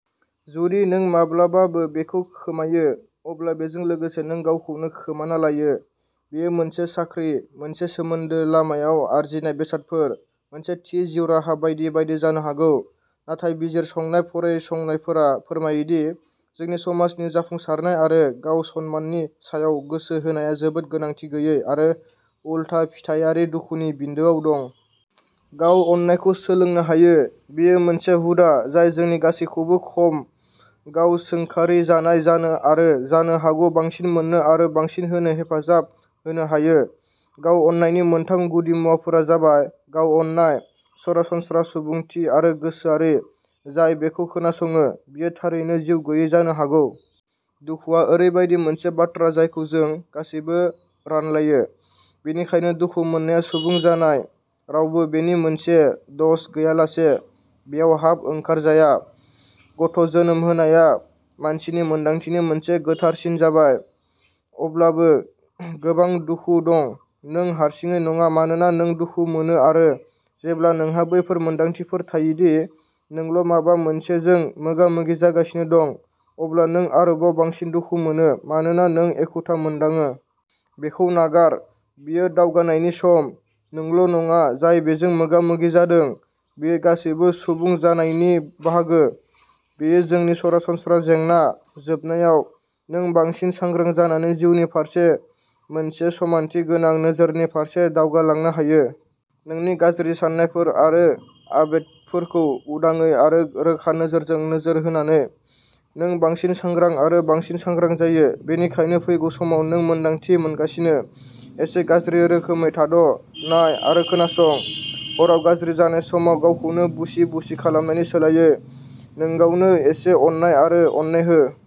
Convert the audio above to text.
जुदि नों माब्लाबाबो बेखौ खोमायो, अब्ला बेजों लोगोसे नों गावखौनो खोमाना लायो। बेयो मोनसे साख्रि, मोनसे सोमोन्दो, लामायाव आरजिनाय बेसादफोर, मोनसे थि जिउ राहा बायदि बायदि जानो हागौ। नाथाय बिजिरसंनाय फरायसंनायफोरा फोरमायो दि जोंनि समाजनि जाफुंसारनाय आरो गाव-सनमाननि सायाव गोसो होनाया जोबोद गोनांथि गैयै आरो उलथा-फिथायारि दुखुनि बिन्दोआव दं। गाव-अननायखौ सोलोंनो हायो। बेयो मोनसे हुदा जाय जोंनि गासैखौबो खम गाव-सोंखारिजानाय जानो आरो जानो हागौ बांसिन मोननो आरो बांसिन होनो हेफाजाब होनो हायो। गाव-अननायनि मोनथाम गुदिमुवाफोरा जाबायः गाव-अननाय, सरासनस्रा सुबुंथि आरो गोसोआरि। जाय बेखौ खोनासङो, बियो थारैनो जिउगैयै जानो हागौ। दुखुआ ओरैबायदि मोनसे बाथ्रा जायखौ जों गासैबो रानलायो, बेनिखायनो दुखु मोननाया सुबुं जानाय-रावबो बेनि मोनसे द'ज गैयालासे बेयाव हाब-ओंखार जाया। गथ'जोनोम होनाया मानसिनि मोनदांथिनि मोनसे गोथारसिन जाथाय, अब्लाबो गोबां दुखु दं। नों हारसिङै नङा मानोना नों दुखु मोनो आरो जेब्ला नोंहा बैफोर मोनदांथिफोर थायो दि नोंल'माबा मोनसेजों मोगा-मोगि जागासिनो दं, अब्ला नों आरोबाव बांसिन दुखु मोनो मानोना नों एखुथा मोनदाङो। बेखौ नागार। बेयो दावगानायनि सम। नोंल'नङा जाय बेजों मोगा-मोगि जादों। बेयो गासैबो सुबुं जानायनि बाहागो। बेयो जोंनि सरासनस्रा जेंना। जोबनायाव, नों बांसिन सांग्रां जानानै जिउनि फारसे मोनसे समानथि गोनां नोजोरनि फारसे दावगालांनो हायो। नोंनि गाज्रि साननायफोर आरो आबेगफोरखौ उदाङै आरो रोखा नोजोरजों नोजोर होनानै, नों बांसिन सांग्रां आरो बांसिन सांग्रां जायो। बेनिखायनो फैगौ समाव नों मोन्दांथि मोनगासिनो। एसे गाज्रि रोखोमै, थाद ', नाय, आरो खोनासं। हराव गाज्रि जानाय समाव गावखौनो बुसि-बुसि खालामनायनि सोलायै, नोंगावनो एसे अननाय आरो अननाय हो।